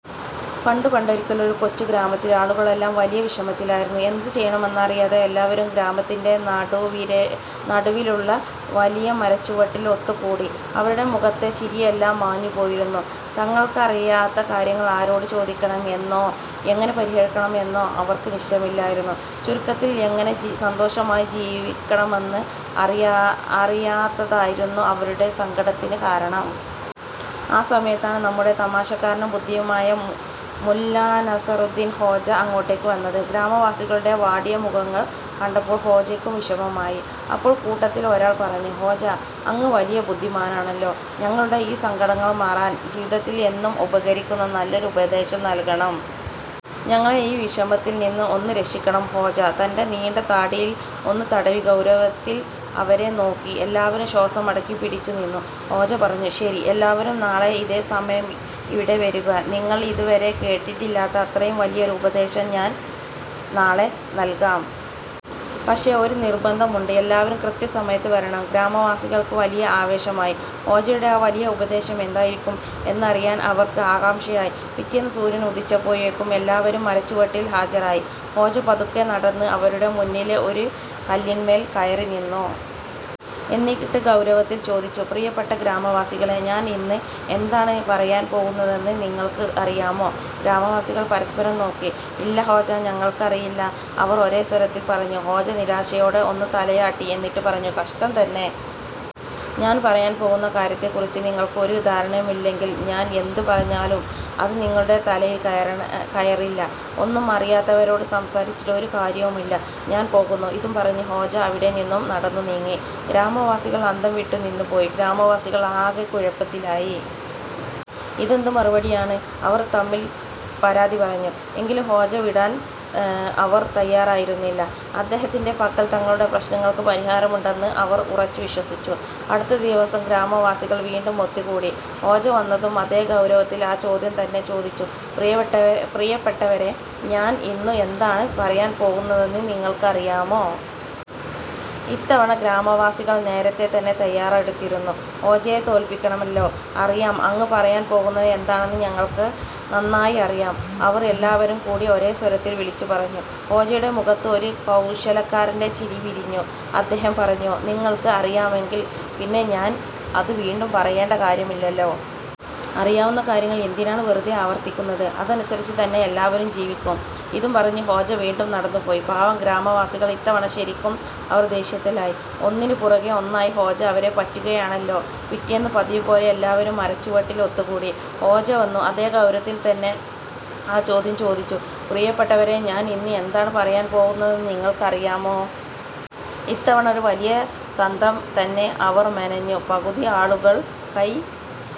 പണ്ട് പണ്ടൊരിക്കൽ, ഒരു കൊച്ചു ഗ്രാമത്തിൽ ആളുകളെല്ലാം വലിയ വിഷമത്തിലായിരുന്നു. എന്തുചെയ്യണമെന്നറിയാതെ എല്ലാവരും ഗ്രാമത്തിന്റെ നടുവിലുള്ള വലിയ മരച്ചുവട്ടിൽ ഒത്തുകൂടി. അവരുടെ മുഖത്തെ ചിരിയെല്ലാം മാഞ്ഞുപോയിരുന്നു. തങ്ങൾക്കറിയാത്ത കാര്യങ്ങൾ ആരോട് ചോദിക്കണം എന്നോ എങ്ങനെ പരിഹരിക്കണം എന്നോ അവർക്ക് നിശ്ചയമില്ലായിരുന്നു. ചുരുക്കത്തിൽ, എങ്ങനെ സന്തോഷമായി ജീവിക്കണമെന്ന് അറിയാത്തതായിരുന്നു അവരുടെ സങ്കടത്തിന് കാരണം. ആ സമയത്താണ് നമ്മുടെ തമാശക്കാരനും ബുദ്ധിമാനുമായ മുല്ലാ നസറുദ്ദീൻ ഹോജ അങ്ങോട്ടേക്ക് വന്നത്. ഗ്രാമവാസികളുടെ വാടിയ മുഖങ്ങൾ കണ്ടപ്പോൾ ഹോജയ്ക്കും വിഷമമായി. അപ്പോൾ കൂട്ടത്തിൽ ഒരാൾ പറഞ്ഞു: "ഹോജ, അങ്ങ് വലിയ ബുദ്ധിമാനാണല്ലോ. ഞങ്ങളുടെ ഈ സങ്കടങ്ങൾ മാറാൻ ജീവിതത്തിൽ എന്നും ഉപകരിക്കുന്ന നല്ലൊരു ഉപദേശം നൽകണം. ഞങ്ങളെ ഈ വിഷമത്തിൽ നിന്ന് ഒന്ന് രക്ഷിക്കണം. " ഹോജ തന്റെ നീണ്ട താടിയിൽ ഒന്ന് തടവി, ഗൗരവത്തിൽ അവരെ നോക്കി. എല്ലാവരും ശ്വാസമടക്കി പിടിച്ചു നിന്നു. ഹോജ പറഞ്ഞു: "ശരി, എല്ലാവരും നാളെ ഇതേ സമയം ഇവിടെ വരിക. നിങ്ങൾ ഇതുവരെ കേട്ടിട്ടില്ലാത്ത അത്രയും വലിയൊരു ഉപദേശം ഞാൻ നാളെ നൽകാം. പക്ഷേ ഒരു നിർബന്ധമുണ്ട്, എല്ലാവരും കൃത്യസമയത്ത് വരണം! " ഗ്രാമവാസികൾക്ക് വലിയ ആവേശമായി. ഹോജയുടെ ആ 'വലിയ ഉപദേശം' എന്തായിരിക്കും എന്നറിയാൻ അവർക്ക് ആകാംക്ഷയായി. പിറ്റേന്ന് സൂര്യൻ ഉദിച്ചപ്പോഴേക്കും എല്ലാവരും മരച്ചുവട്ടിൽ ഹാജരായി. ഹോജ പതുക്കെ നടന്ന് അവരുടെ മുന്നിലെ ഒരു കല്ലിന്മേൽ കയറി നിന്നു. എന്നിട്ട് ഗൗരവത്തിൽ ചോദിച്ചു: "പ്രിയപ്പെട്ട ഗ്രാമവാസികളേ, ഞാൻ ഇന്ന് എന്താണ് പറയാൻ പോകുന്നതെന്ന് നിങ്ങൾക്ക് അറിയാമോ? " ഗ്രാമവാസികൾ പരസ്പരം നോക്കി. "ഇല്ല ഹോജ, ഞങ്ങൾക്ക് അറിയില്ല. " അവർ ഒരേ സ്വരത്തിൽ പറഞ്ഞു. ഹോജ നിരാശയോടെ ഒന്ന് തലയാട്ടി. എന്നിട്ട് പറഞ്ഞു: "കഷ്ടം തന്നെ! ഞാൻ പറയാൻ പോകുന്ന കാര്യത്തെക്കുറിച്ച് നിങ്ങൾക്ക് ഒരു ധാരണയുമില്ലെങ്കിൽ, ഞാൻ എന്ത് പറഞ്ഞാലും അത് നിങ്ങളുടെ തലയിൽ കയറില്ല. ഒന്നും അറിയാത്തവരോട് സംസാരിച്ചിട്ട് ഒരു കാര്യവുമില്ല. ഞാൻ പോകുന്നു! " ഇതും പറഞ്ഞ് ഹോജ അവിടെ നിന്നും നടന്നു നീങ്ങി. ഗ്രാമവാസികൾ അന്തംവിട്ടു നിന്നുപോയി ഗ്രാമവാസികൾ ആകെ കുഴപ്പത്തിലായി. "ഇതെന്ത് മറുപടിയാണ്? " അവർ തമ്മിൽ പരാതി പറഞ്ഞു. എങ്കിലും ഹോജയെ വിടാൻ അവർ തയ്യാറായിരുന്നില്ല. അദ്ദേഹത്തിന്റെ പക്കൽ തങ്ങളുടെ പ്രശ്നങ്ങൾക്ക് പരിഹാരമുണ്ടെന്ന് അവർ ഉറച്ചു വിശ്വസിച്ചു. അടുത്ത ദിവസം ഗ്രാമവാസികൾ വീണ്ടും ഒത്തുകൂടി. ഹോജ വന്നതും അതേ ഗൗരവത്തിൽ ആ ചോദ്യം തന്നെ ചോദിച്ചു: "പ്രിയപ്പെട്ടവരേ, ഞാൻ ഇന്ന് എന്താണ് പറയാൻ പോകുന്നതെന്ന് നിങ്ങൾക്ക് അറിയാമോ? " ഇത്തവണ ഗ്രാമവാസികൾ നേരത്തെ തന്നെ തയ്യാറെടുത്തിരുന്നു. ഹോജയെ തോൽപ്പിക്കണമല്ലോ! "അറിയാം! അങ്ങ് പറയാൻ പോകുന്നത് എന്താണെന്ന് ഞങ്ങൾക്ക് നന്നായി അറിയാം! " അവർ എല്ലാവരും കൂടി ഒരേ സ്വരത്തിൽ വിളിച്ചു പറഞ്ഞു. ഹോജയുടെ മുഖത്ത് ഒരു കൗശലക്കാരന്റെ ചിരി വിരിഞ്ഞു. അദ്ദേഹം പറഞ്ഞു: "നിങ്ങൾക്ക് അറിയാമെങ്കിൽ പിന്നെ ഞാൻ അത് വീണ്ടും പറയേണ്ട കാര്യമില്ലല്ലോ. അറിയാവുന്ന കാര്യങ്ങൾ എന്തിനാണ് വെറുതെ ആവർത്തിക്കുന്നത്? അതനുസരിച്ച് തന്നെ എല്ലാവരും ജീവിക്കൂ! " ഇതും പറഞ്ഞ് ഹോജ വീണ്ടും നടന്നുപോയി. പാവം ഗ്രാമവാസികൾ! ഇത്തവണ ശരിക്കും അവർ ദേഷ്യത്തിലായി. ഒന്നിന് പുറകെ ഒന്നായി ഹോജ അവരെ പറ്റിക്കുകയാണല്ലോ. പിറ്റേന്ന് പതിവുപോലെ എല്ലാവരും മരച്ചുവട്ടിൽ ഒത്തുകൂടി. ഹോജ വന്നു അതേ ഗൗരവത്തിൽ തന്റെ ആ ചോദ്യം ചോദിച്ചു: "പ്രിയപ്പെട്ടവരേ, ഞാൻ ഇന്ന് എന്താണ് പറയാൻ പോകുന്നതെന്ന് നിങ്ങൾക്ക് അറിയാമോ? " ഇത്തവണ ഒരു വലിയ തന്ത്രം തന്നെ അവർ മെനഞ്ഞു. പകുതി ആളുകൾ കൈ